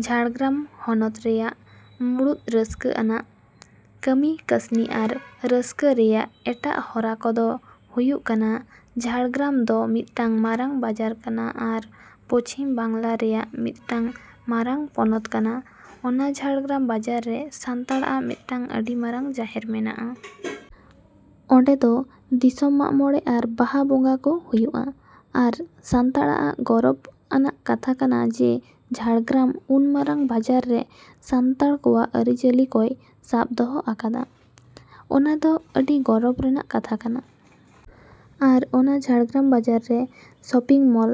ᱡᱷᱟᱲᱜᱨᱟᱢ ᱦᱚᱱᱚᱛ ᱨᱮᱭᱟᱜ ᱢᱩᱬᱩᱛ ᱨᱟᱹᱥᱠᱟᱹ ᱟᱱᱟᱜ ᱠᱟᱹᱢᱤ ᱠᱟᱹᱥᱱᱤ ᱟᱨ ᱨᱟᱹᱥᱠᱟᱹ ᱨᱮᱭᱟᱜ ᱮᱴᱟᱜ ᱦᱚᱨᱟ ᱠᱚᱫᱚ ᱦᱩᱭᱩᱜ ᱠᱟᱱᱟ ᱡᱷᱟᱲᱜᱨᱟᱢ ᱫᱚ ᱢᱤᱫᱴᱟᱝ ᱢᱟᱨᱟᱝ ᱵᱟᱡᱟᱨ ᱠᱟᱱᱟ ᱟᱨ ᱯᱚᱪᱷᱤᱢ ᱵᱟᱝᱞᱟ ᱨᱮᱭᱟᱜ ᱢᱤᱫᱴᱟᱝ ᱢᱟᱨᱟᱝ ᱯᱚᱱᱚᱛ ᱠᱟᱱᱟ᱾ ᱚᱱᱟ ᱡᱷᱟᱲᱜᱨᱟᱢ ᱵᱟᱡᱟᱨ ᱨᱮ ᱥᱟᱱᱛᱟᱲᱟᱜ ᱢᱤᱫᱴᱟᱝ ᱟᱹᱰᱤ ᱢᱟᱨᱟᱝ ᱡᱟᱦᱮᱨ ᱢᱮᱱᱟᱜᱼᱟ᱾ ᱚᱸᱰᱮ ᱫᱚ ᱫᱤᱥᱚᱢ ᱢᱟᱜᱽ ᱢᱚᱸᱬᱮ ᱟᱨ ᱵᱟᱦᱟ ᱵᱚᱸᱜᱟ ᱠᱚ ᱦᱩᱭᱩᱜᱼᱟ᱾ ᱟᱨ ᱥᱟᱱᱛᱟᱲᱟᱜ ᱜᱚᱨᱚᱵᱽ ᱟᱱᱟᱜ ᱠᱟᱛᱷᱟ ᱠᱟᱱᱟ ᱡᱮ ᱡᱷᱟᱲᱜᱨᱟᱢ ᱩᱱ ᱢᱟᱨᱟᱝ ᱵᱟᱡᱟᱨ ᱨᱮ ᱥᱟᱱᱛᱟᱲ ᱠᱚᱣᱟᱜ ᱟᱹᱨᱤᱼᱪᱟᱹᱞᱤ ᱠᱚᱭ ᱥᱟᱵᱽ ᱫᱚᱦᱚ ᱟᱠᱟᱫᱟ᱾ ᱚᱱᱟ ᱫᱚ ᱟᱹᱰᱤ ᱜᱚᱨᱚᱵᱽ ᱨᱮᱱᱟᱜ ᱠᱟᱛᱷᱟ ᱠᱟᱱᱟ᱾ ᱟᱨ ᱚᱱᱟ ᱡᱷᱟᱲᱜᱨᱟᱢ ᱵᱟᱡᱟᱨ ᱨᱮ ᱥᱚᱯᱤᱝ ᱢᱚᱞ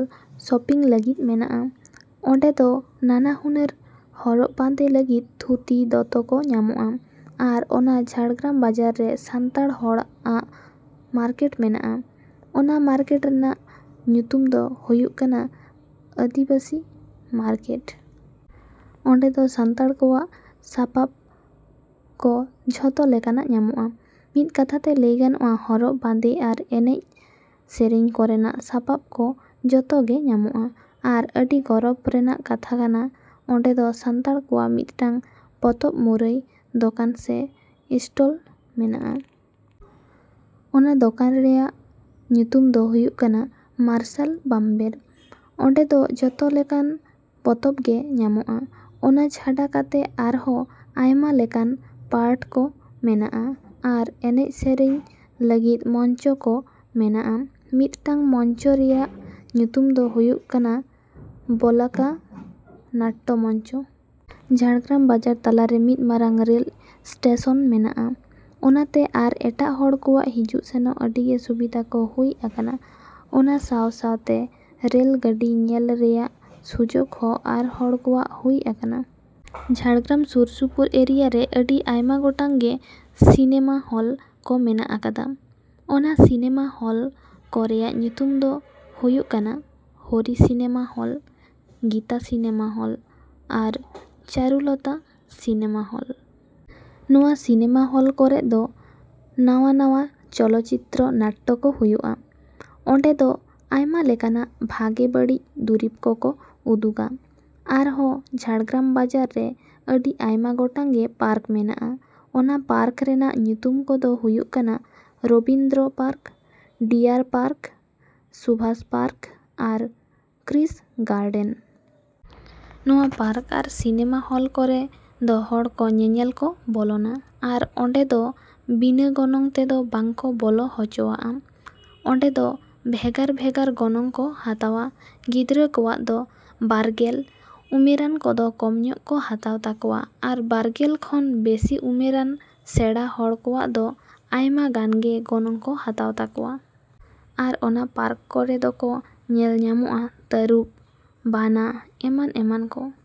ᱥᱚᱯᱤᱝ ᱞᱟᱹᱜᱤᱫ ᱢᱮᱱᱟᱜᱼᱟ᱾ ᱚᱸᱰᱮ ᱫᱚ ᱱᱟᱱᱟ ᱦᱩᱱᱟᱹᱨ ᱦᱚᱨᱚᱜ ᱵᱟᱸᱫᱮ ᱞᱟᱹᱜᱤᱫ ᱫᱷᱩᱛᱤ ᱫᱚᱛᱚ ᱠᱚ ᱧᱟᱢᱚᱜᱼᱟ᱾ ᱟᱨ ᱚᱱᱟ ᱡᱷᱟᱲᱜᱨᱟᱢ ᱵᱟᱡᱟᱨ ᱨᱮ ᱥᱟᱱᱛᱟᱲ ᱦᱚᱲᱟᱜ ᱢᱟᱨᱠᱮᱴ ᱢᱮᱱᱟᱜᱼᱟ᱾ ᱚᱱᱟ ᱢᱟᱨᱠᱮᱴ ᱨᱮᱱᱟᱜ ᱧᱩᱛᱩᱢ ᱫᱚ ᱦᱩᱭᱩᱜ ᱠᱟᱱᱟ ᱟᱹᱫᱤᱵᱟᱹᱥᱤ ᱢᱟᱨᱠᱮᱴ᱾ ᱚᱸᱰᱮ ᱫᱚ ᱥᱟᱱᱛᱟᱲ ᱠᱚᱣᱟᱜ ᱥᱟᱯᱟᱯ ᱠᱚ ᱡᱷᱚᱛᱚ ᱞᱮᱠᱟᱱᱟᱜ ᱧᱟᱢᱚᱜᱼᱟ᱾ ᱢᱤᱫ ᱠᱟᱛᱷᱟᱛᱮ ᱞᱟᱹᱭ ᱜᱟᱱᱚᱜᱼᱟ ᱦᱚᱨᱚᱜ ᱵᱟᱸᱫᱮ ᱟᱨ ᱮᱱᱮᱡ ᱥᱮᱨᱮᱧ ᱠᱚᱨᱮᱱᱟᱜ ᱥᱟᱯᱟᱯ ᱠᱚ ᱡᱚᱛᱚᱜᱮ ᱧᱟᱢᱚᱜᱼᱟ᱾ ᱟᱨ ᱟᱹᱰᱤ ᱜᱚᱨᱚᱵᱽ ᱨᱮᱱᱟᱜ ᱠᱟᱛᱷᱟ ᱠᱟᱱᱟ ᱚᱸᱰᱮ ᱫᱚ ᱥᱟᱱᱛᱟᱲ ᱠᱚᱣᱟᱜ ᱢᱤᱫᱴᱟᱝ ᱯᱚᱛᱚᱵᱽ ᱢᱩᱨᱟᱹᱭ ᱫᱚᱠᱟᱱ ᱥᱮ ᱤᱥᱴᱚᱞ ᱢᱮᱱᱟᱜᱼᱟ᱾ ᱚᱱᱟ ᱫᱚᱠᱟᱱ ᱨᱮᱭᱟᱜ ᱧᱩᱛᱩᱢ ᱫᱚ ᱦᱩᱭᱩᱜ ᱠᱟᱱᱟ ᱢᱟᱨᱥᱟᱞ ᱵᱟᱢᱵᱮᱨ᱾ ᱚᱸᱰᱮ ᱫᱚ ᱡᱷᱚᱛᱚ ᱞᱮᱠᱟᱱ ᱯᱚᱛᱚᱵᱽ ᱜᱮ ᱧᱟᱢᱚᱜᱼᱟ᱾ ᱚᱱᱟ ᱪᱷᱟᱰᱟ ᱠᱟᱛᱮ ᱟᱨᱦᱚᱸ ᱟᱭᱢᱟ ᱞᱮᱠᱟᱱ ᱯᱟᱨᱴ ᱠᱚ ᱢᱮᱱᱟᱜᱼᱟ ᱟᱨ ᱮᱱᱮᱡ ᱥᱮᱨᱮᱧ ᱞᱟᱹᱜᱤᱫ ᱢᱚᱧᱪᱚ ᱠᱚ ᱢᱮᱱᱟᱜᱼᱟ᱾ ᱢᱤᱫᱴᱟᱝ ᱢᱚᱧᱪᱚ ᱨᱮᱭᱟᱜ ᱧᱩᱛᱩᱢ ᱫᱚ ᱦᱩᱭᱩᱜ ᱠᱟᱱᱟ ᱵᱚᱞᱟᱠᱟ ᱱᱟᱴᱴᱚ ᱢᱚᱧᱪᱚ᱾ ᱡᱷᱟᱲᱜᱨᱟᱢ ᱵᱟᱡᱟᱨ ᱛᱟᱞᱟᱨᱮ ᱢᱤᱫ ᱢᱟᱨᱟᱝ ᱨᱮᱞ ᱤᱥᱴᱮᱥᱚᱱ ᱢᱮᱱᱟᱜᱼᱟ᱾ ᱚᱱᱟᱛᱮ ᱟᱨ ᱮᱴᱟᱜ ᱦᱚᱲ ᱠᱚᱣᱟᱜ ᱦᱤᱡᱩᱜ ᱥᱮᱱᱚᱜ ᱟᱹᱰᱤᱜᱮ ᱥᱩᱵᱤᱫᱟ ᱠᱚ ᱦᱩᱭ ᱟᱠᱟᱱᱟ᱾ ᱚᱱᱟ ᱥᱟᱶ ᱥᱟᱶᱛᱮ ᱨᱮᱞ ᱜᱟᱹᱰᱤ ᱧᱮᱞ ᱨᱮᱭᱟᱜ ᱥᱩᱡᱳᱜᱽ ᱦᱚᱸ ᱟᱨ ᱦᱚᱲ ᱠᱚᱣᱟᱜ ᱦᱩᱭ ᱟᱠᱟᱱᱟ᱾ ᱡᱷᱟᱲᱜᱨᱟᱢ ᱥᱩᱨ ᱥᱩᱯᱩᱨ ᱮᱨᱤᱭᱟ ᱨᱮ ᱟᱹᱰᱤ ᱟᱭᱢᱟ ᱜᱚᱴᱟᱝ ᱜᱮ ᱥᱤᱱᱮᱢᱟ ᱦᱚᱞ ᱠᱚ ᱢᱮᱱᱟᱜ ᱟᱠᱟᱫᱼᱟ᱾ ᱚᱱᱟ ᱥᱤᱱᱮᱢᱟ ᱦᱚᱞ ᱠᱚ ᱨᱮᱭᱟᱜ ᱧᱩᱛᱩᱢ ᱫᱚ ᱦᱩᱭᱩᱜ ᱠᱟᱱᱟ Hari cinema hall, Gita cinema hall ᱟᱨ ᱪᱟᱹᱨᱩᱞᱚᱛᱟ ᱥᱤᱱᱮᱢᱟ ᱦᱚᱞ᱾ ᱱᱚᱣᱟ ᱥᱤᱱᱮᱢᱟ ᱦᱚᱞ ᱠᱚᱨᱮᱜ ᱫᱚ ᱱᱟᱣᱟ ᱱᱟᱣᱟ ᱪᱚᱞᱚ ᱪᱤᱛᱨᱚ ᱱᱟᱴᱴᱚ ᱠᱚ ᱦᱩᱭᱩᱜᱼᱟ᱾ ᱚᱸᱰᱮ ᱫᱚ ᱟᱭᱢᱟ ᱞᱮᱠᱟᱱᱟᱜ ᱵᱷᱟᱜᱮ ᱵᱟᱹᱲᱤᱡ ᱫᱩᱨᱤᱵᱽ ᱠᱚᱠᱚ ᱩᱫᱩᱜᱟ᱾ ᱟᱨᱦᱚᱸ ᱡᱷᱟᱲᱜᱨᱟᱢ ᱵᱟᱡᱟᱨ ᱨᱮ ᱟᱹᱰᱤ ᱟᱭᱢᱟ ᱜᱚᱴᱟᱝ ᱜᱮ ᱯᱟᱨᱠ ᱢᱮᱱᱟᱜᱼᱟ᱾ ᱚᱱᱟ ᱯᱟᱨᱠ ᱨᱮᱱᱟᱜ ᱧᱩᱛᱩᱢ ᱠᱚᱫᱚ ᱦᱩᱭᱩᱜ ᱠᱟᱱᱟ ᱨᱚᱵᱤᱱᱫᱨᱚ ᱯᱟᱨᱠ, ᱰᱤᱭᱟᱨ ᱯᱟᱨᱠ, ᱥᱩᱵᱷᱟᱥ ᱯᱟᱨᱠ ᱟᱨ ᱠᱨᱤᱥ ᱜᱟᱨᱰᱮᱱ᱾ ᱱᱚᱣᱟ ᱯᱟᱨᱠ ᱟᱨ ᱥᱤᱱᱮᱢᱟ ᱦᱚᱞ ᱠᱚᱨᱮ ᱫᱚ ᱦᱚᱲ ᱠᱚ ᱧᱮᱧᱮᱞ ᱠᱚ ᱵᱚᱞᱚᱱᱟ ᱟᱨ ᱚᱸᱰᱮ ᱫᱚ ᱵᱤᱱᱟᱹ ᱜᱚᱱᱚᱝ ᱛᱮᱫᱚ ᱵᱟᱝ ᱠᱚ ᱵᱚᱞᱚ ᱦᱚᱪᱚᱣᱟᱜᱼᱟ᱾ ᱚᱸᱰᱮ ᱫᱚ ᱵᱷᱮᱜᱟᱨ ᱵᱷᱮᱜᱟᱨ ᱜᱚᱱᱚᱝ ᱠᱚ ᱦᱟᱛᱟᱣᱟ᱾ ᱜᱤᱫᱽᱨᱟᱹ ᱠᱚᱣᱟᱜ ᱫᱚ ᱵᱟᱨᱜᱮᱞ ᱩᱢᱮᱨᱟᱱ ᱠᱚᱫᱚ ᱠᱚᱢ ᱧᱚᱜ ᱠᱚ ᱦᱟᱛᱟᱣ ᱛᱟᱠᱚᱣᱟ ᱟᱨ ᱵᱟᱨᱜᱮᱞ ᱠᱷᱚᱱ ᱵᱮᱥᱤ ᱩᱢᱮᱨᱟᱱ ᱥᱮᱲᱟ ᱦᱚᱲ ᱠᱚᱣᱟᱜ ᱫᱚ ᱟᱭᱢᱟ ᱜᱟᱱ ᱜᱮ ᱜᱚᱱᱚᱝ ᱠᱚ ᱦᱟᱛᱟᱣ ᱛᱟᱠᱚᱣᱟ᱾ ᱟᱨ ᱚᱱᱟ ᱯᱟᱨᱠ ᱠᱚᱨᱮ ᱫᱚᱠᱚ ᱧᱮᱞ ᱧᱟᱢᱚᱜᱼᱟ ᱛᱟᱹᱨᱩᱵᱽ, ᱵᱟᱱᱟ, ᱮᱢᱟᱱ ᱮᱢᱟᱱ ᱠᱚ᱾